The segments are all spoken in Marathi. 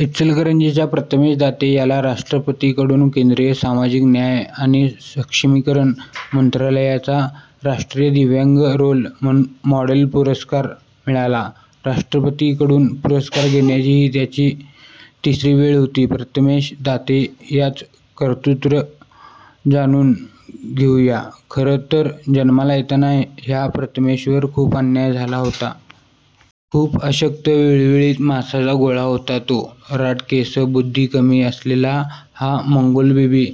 इचलकरंजीच्या प्रथमेश दाते याला राष्ट्रपतींकडून केंद्रीय 'सामाजिक न्याय आणि सक्षमीकरण मंत्रालया'चा 'राष्ट्रीय दिव्यांग रोल मॉडेल' पुरस्कार मिळाला. राष्ट्रपतींकडून पुरस्कार घेण्याची ही त्याची तिसरी वेळ होती. प्रथमेश दाते याचं कर्तृत्व जाणून घेऊ या. खरं तर जन्माला येताना ह्या प्रथमेशवर खूप अन्याय झाला होता. खूप अशक्त, विळविळीत मांसाचा गोळा होता तो! राठ केस, बुद्धी कमी असलेला हा मंगोलबेबी.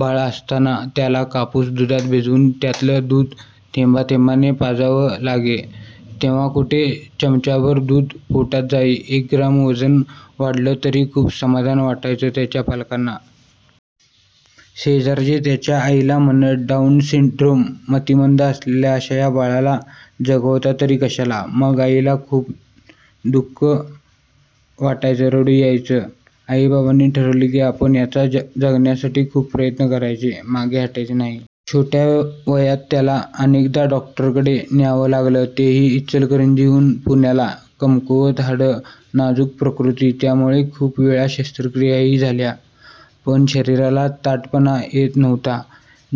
बाळ असताना त्याला कापूस दुधात भिजवून त्यातलं दूध थेंबाथेंबाने पाजावं लागे, तेव्हा कुठे चमचाभर दूध पोटात जाई. एक ग्रॅम वजन वाढलं तरी खूप समाधान वाटायचं त्याच्या पालकांना. शेजारचे त्याच्या आईला म्हणत, 'डाऊन सिंड्रोम, मतिमंद असलेल्या अशा या बाळाला जगवता तरी कशाला? ' मग आईला खूप दु:ख वाटायचं, रडू यायचं. आईबाबांनी ठरवलं की आपण याच्या जगण्यासाठी खूप प्रयत्न करायचे, मागे हटायचं नाही. छोट्या वयात त्याला अनेकदा डॉक्टरकडे न्यावं लागलं, तेही इचलकरंजीहून पुण्याला. कमकुवत हाडं, नाजूक प्रकृती त्यामुळे खूप वेळा शस्त्रक्रियाही झाल्या. पण शरीराला ताठपणा येत नव्हता.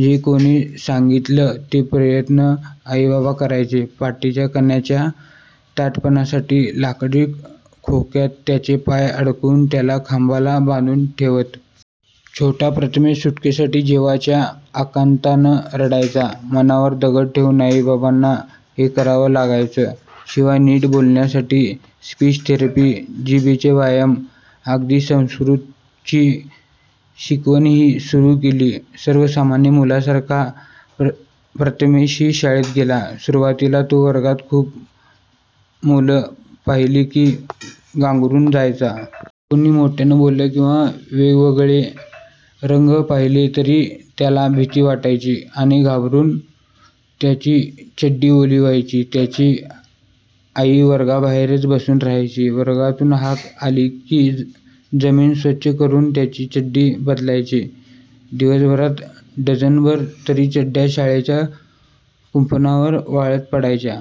जे कोणी सांगतील ते प्रयत्न आईबाबा करायचे. पाठीच्या कण्याच्या ताठपणासाठी लाकडी खोक्यात त्याचे पाय अडकवून त्याला खांबाला बांधून ठेवत. छोटा प्रथमेश सुटकेसाठी जिवाच्या आकांतानं रडायचा. मनावर दगड ठेवून आईबाबांना हे करावं लागायचं. शिवाय नीट बोलण्यासाठी स्पीच थेरपी, जिभेचे व्यायाम... अगदी संस्कृतची शिकवणीही सुरू केली. सर्वसामान्य मुलांसारखा प्रथमेशही शाळेत गेला. सुरुवातीला तो वर्गात खूप मुलं पाहिली की गांगरून जायचा. कुणी मोठ्यानं बोललं किंवा वेगवगळे रंग पाहिले तरी त्याला भीती वाटायची, आणि घाबरून त्याची चड्डी ओली व्हायची. त्याची आई वर्गाबाहेरच बसून राहायची. वर्गातून हाक आली की जमीन स्वच्छ करून त्याची चड्डी बदलायची. दिवसभरात डझनभर तरी चड्ड्या शाळेच्या कुंपणावर वाळत पडायच्या.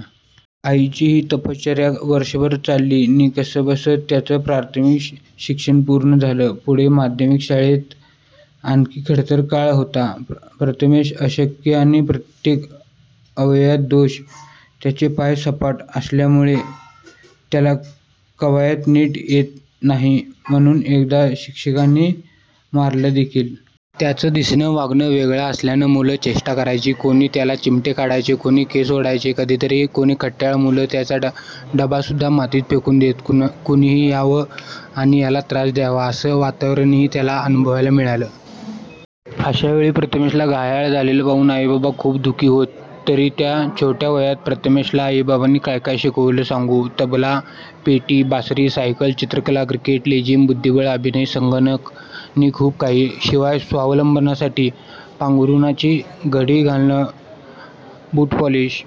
आईची ही तपश्चर्या वर्षभर चालली नि कसंबसं त्याचं प्राथमिक शिक्षण पूर्ण झालं. पुढे माध्यमिक शाळेत आणखी खडतर काळ होता. प्रथमेश अशक्त आणि प्रत्येक अवयवात दोष, त्याचे पाय सपाट असल्यामुळे त्याला कवायत नीट येत नाही, म्हणून एकदा शिक्षकांनी मारलंदेखील! त्याचं दिसणं, वागणं वेगळं असल्यानं मुलं चेष्टा करायची, कोणी त्याला चिमटे काढायचे, कोणी केस ओढायचे, कधीतरी कोणी खट्याळ मुलं त्याचा डबासुद्धा मातीत फेकून देत. कुणीही यावं आणि याला त्रास द्यावा, असं वातावरणही त्याला अनुभवायला मिळालं. अशा वेळी प्रथमेशला घायाळ झालेलं पाहून आईबाबा खूप दुःखी होत. तरी त्या छोटया वयात प्रथमेशला आईबाबांनी काय-काय शिकवलं सांगू? तबला, पेटी, बासरी, सायकल, चित्रकला, क्रिकेट, लेझीम, बुद्धिबळ, अभिनय, संगणक नि खूप काही. शिवाय स्वावलंबनासाठी पांघरुणाची घडी घालणं, बूटपॉलिश,